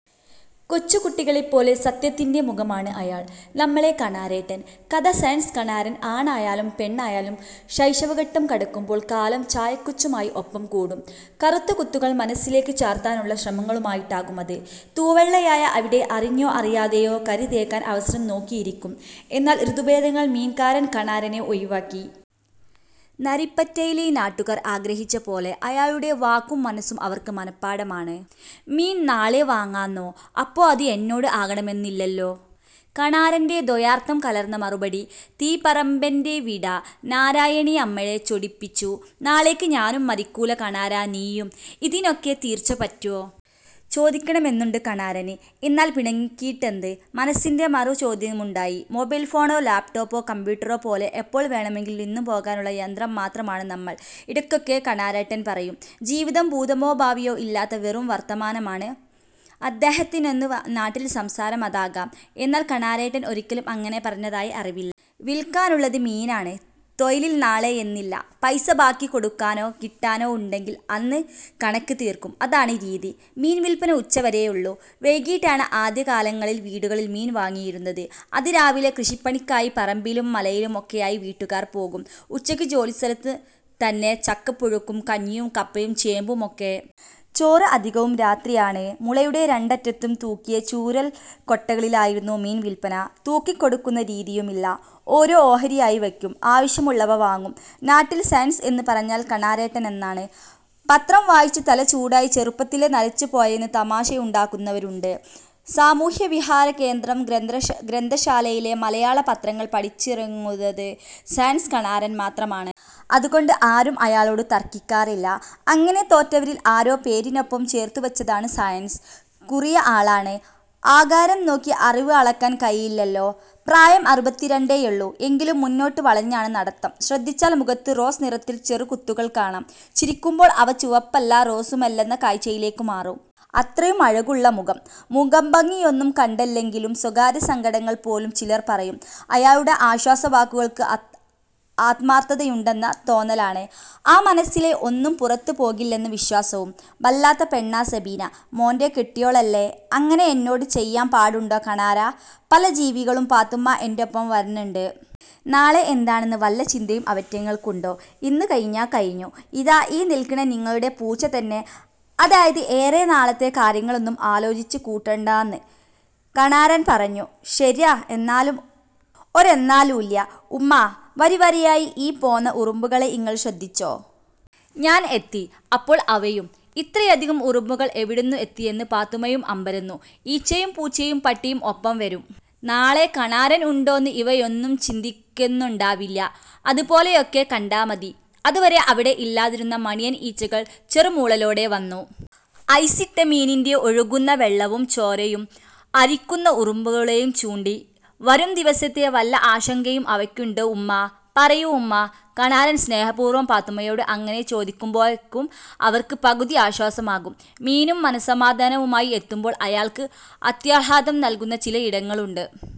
'കൊച്ചുകുട്ടികളെപ്പോലെ സത്യത്തിന്റെ മുഖമാണ് അയാൾ; നമ്മളെ കണാരേട്ടൻ... ' കഥ സയൻസ് കണാരൻ ആണായാലും പെണ്ണായാലും ശൈശവഘട്ടം കടക്കുമ്പോൾ കാലം ചായക്കുച്ചുമായി ഒപ്പം കൂടും. കറുത്ത കുത്തുകൾ മനസ്സിലേക്ക് ചാർത്താനുള്ള ശ്രമങ്ങളുമായിട്ടാകുമത്. തൂവെള്ളയായ അവിടെ അറിഞ്ഞോ അറിയാതെയോ കരിതേയ്ക്കാൻ അവസരം നോക്കിയിരിക്കും. എന്നാൽ ഋതുഭേദങ്ങൾ മീൻകാരൻ കണാരനെ ഒഴിവാക്കി. നരിപ്പറ്റയിലെ നാട്ടുകാർ ആഗ്രഹിച്ചപോലെ. അയാളുടെ വാക്കും മനസ്സും അവർക്ക് മനഃപാഠമാണ്. 'മീൻ നാളെ വാങ്ങാന്നോ? അപ്പോ അത് എന്നോട് ആകണമെന്നില്ലല്ലോ. ' കണാരന്റെ ദ്വയാർത്ഥം കലർന്ന മറുപടി തീപറമ്പന്റവിട നാരായണി അമ്മയെ ചൊടിപ്പിച്ചു. 'നാളേക്ക് ഞാനും മരിക്കൂല്ല കണാരാ നീയും'. 'ഇതിനൊക്കെ തീർച്ച പറ്റ്വോ? '. ചോദിക്കണമെന്നുണ്ട് കണാരന്. 'എന്നാൽ പിണക്കിയിട്ടെന്ത്? '. മനസ്സിന്റെ മറുചോദ്യമുണ്ടായി. 'മൊബൈൽ ഫോണോ ലാപ്ടോപ്പോ കമ്പ്യൂട്ടറോ പോലെ എപ്പോൾ വേണമെങ്കിലും നിന്നുപോകാനുള്ള യന്ത്രം മാത്രമാണ് നമ്മൾ..... ' ഇടയ്ക്കൊക്കെ കണാരേട്ടൻ പറയും. ജീവിതം ഭൂതമോ ഭാവിയോ ഇല്ലാത്ത വെറും വർത്തമാനമാണ് അദ്ദേഹത്തിനെന്ന് നാട്ടിൽ സംസാരം അതാകാം. എന്നാൽ കണാരേട്ടൻ ഒരിക്കലും അങ്ങനെ പറഞ്ഞതായി അറിവി. 'വിൽക്കാനുള്ളത് മീനാണ്. തൊഴിലിൽ നാളെയെന്നില്ല'. പൈസ ബാക്കി കൊടുക്കാനോ കിട്ടാനോ ഉണ്ടെങ്കിൽ അന്ന് കണക്ക് തീർക്കും. അതാണ് രീതി. മീൻ വിൽപ്പന ഉച്ചവരെയേ ഉള്ളൂ. വൈകീട്ടാണ് ആദ്യകാലങ്ങളിൽ വീടുകളിൽ മീൻ വാങ്ങിയിരുന്നത്. അതിരാവിലെ കൃഷിപ്പണിക്കായി പറമ്പിലും മലയിലും ഒക്കെയായി വീട്ടുകാർ പോകും. ഉച്ചയ്ക്ക് ജോലി സ്ഥലത്ത് തന്നെ ചക്കപ്പുഴുക്കും കഞ്ഞിയും കപ്പയും ചേമ്പുമൊക്കെ. ചോറ് അധികവും രാത്രിയാണ്. മുളയുടെ രണ്ടറ്റത്തും തൂക്കിയ ചൂരൽ കൊട്ടകളിലായിരുന്നു മീൻ വിൽപ്പന. തൂക്കി കൊടുക്കുന്ന രീതിയുമില്ല. ഓരോ ഓഹരിയായി വയ്ക്കും. ആവശ്യമുള്ളവ വാങ്ങും. നാട്ടിൽ സയൻസ് എന്ന് പറഞ്ഞാൽ കണാരേട്ടനെന്നാണ്. പത്രം വായിച്ച് തല ചൂടായി ചെറുപ്പത്തിലേ നരച്ചുപോയെന്ന് തമാശയുണ്ടാക്കുന്നവരുണ്ട്. സാമൂഹ്യവിഹാരകേന്ദ്രം ഗ്രന്ഥശാലയിലെ മലയാള പത്രങ്ങൾ പഠിച്ചിറങ്ങുന്നത് 'സയൻസ്' കണാരൻ മാത്രമാണ്. അതുകൊണ്ട് ആരും അയാളോട് തർക്കിക്കാറില്ല. അങ്ങനെ തോറ്റവരിൽ ആരോ പേരിനൊപ്പം ചേർത്തുവച്ചതാണ് സയൻസ്. കുറിയ ആളാണ്. ആകാരം നോക്കി അറിവ് അളക്കാൻ കഴിയില്ലല്ലോ!. പ്രായം അറുപത്തിരണ്ടേയുള്ളൂ. എങ്കിലും മുന്നോട്ട് വളഞ്ഞാണ് നടത്തം. ശ്രദ്ധിച്ചാൽ മുഖത്ത് റോസ് നിറത്തിൽ ചെറുകുത്തുകൾ കാണാം. ചിരിക്കുമ്പോൾ അവ ചുവപ്പല്ല റോസുമല്ലെന്ന കാഴ്ചയിലേക്ക് മാറും. അത്രയും അഴകുള്ള മുഖം. മുഖഭംഗിയൊന്നും കണ്ടല്ലെങ്കിലും സ്വകാര്യസങ്കടങ്ങൾ പോലും ചിലർ പറയും. അയാളുടെ ആശ്വാസവാക്കുകൾക്ക് ആത്മാർത്ഥതയുണ്ടെന്ന തോന്നലാണ്. ആ മനസ്സിലെ ഒന്നും പുറത്ത് പോകില്ലെന്ന വിശ്വാസവും. 'ബല്ലാത്ത പെണ്ണാ സബീന. മോന്റെ കെട്ട്വോളല്ലേ? അങ്ങനെ എന്നോട് ചെയ്യാ പാടുണ്ടോ കണാരാ? '. 'പല ജീവികളും പാത്തുമ്മാ എന്റൊപ്പം വര്ന്ന്ണ്ട്. നാളെ എന്താണെന്ന് വല്ല ചിന്തയും അവറ്റ്ങ്ങൾക്കുണ്ടോ? ഇന്ന് കഴിഞ്ഞാ കഴിഞ്ഞു. ഇതാ ഈ നിൽക്കണ നിങ്ങൾടെ പൂച്ച തന്നെ. അതായത് ഏറെ നാളത്തെ കാര്യങ്ങളൊന്നും ആലോചിച്ച് കൂട്ടണ്ടാന്ന്'. 'കണാരൻ പറഞ്ഞു ശര്യാ എന്നാലും 'ഒരെന്നാലുല്ല്യ.... ഉമ്മാ, വരിവരിയായി ഈ പോന്ന ഉറുമ്പുകളെ ഇങ്ങൾ ശ്രദ്ധിച്ചോ?. ഞാൻ എത്തി അപ്പോൾ അവയും..... ' ഇത്രയധികം ഉറുമ്പുകൾ എവിടുന്ന് എത്തിയെന്ന് പാത്തുമ്മയും അമ്പരന്നു!. '... ഈച്ചയും പൂച്ചയും പട്ടിയും ഒപ്പം വരും. നാളെ കണാരൻ ഉണ്ടോന്ന് ഇവയൊന്നും ചിന്തിക്ക്ന്നേണ്ടാവില്ല്യ. ്അത് പോലെയൊക്കെ കണ്ടാ മതി.... ' അതുവരെ അവിടെ ഇല്ലാതിരുന്ന മണിയൻ ഈച്ചകൾ ചെറുമൂളലോടെ വന്നു. ഐസിട്ട മീനിന്റെ ഒഴുകുന്ന വെള്ളവും ചോരയും അരിക്കുന്ന ഉറുമ്പുകളെയും ചൂണ്ടി: 'വരും ദിവസത്തെ വല്ല ആശങ്കയും അവയ്ക്കുണ്ടോ ഉമ്മാ.... പറയൂ ഉമ്മാ'. കണാരൻ സ്നേഹപൂർവ്വം പാത്തുമ്മയോട് അങ്ങനെ ചോദിക്കുമ്പോഴെയ്ക്കും അവർക്ക് പകുതി ആശ്വാസമാകും. മീനും മനസമാധാനവുമായി എത്തുമ്പോൾ അയാൾക്ക് അത്യാഹ്ളാദം നൽകുന്ന ചിലയിടങ്ങളുണ്ട്.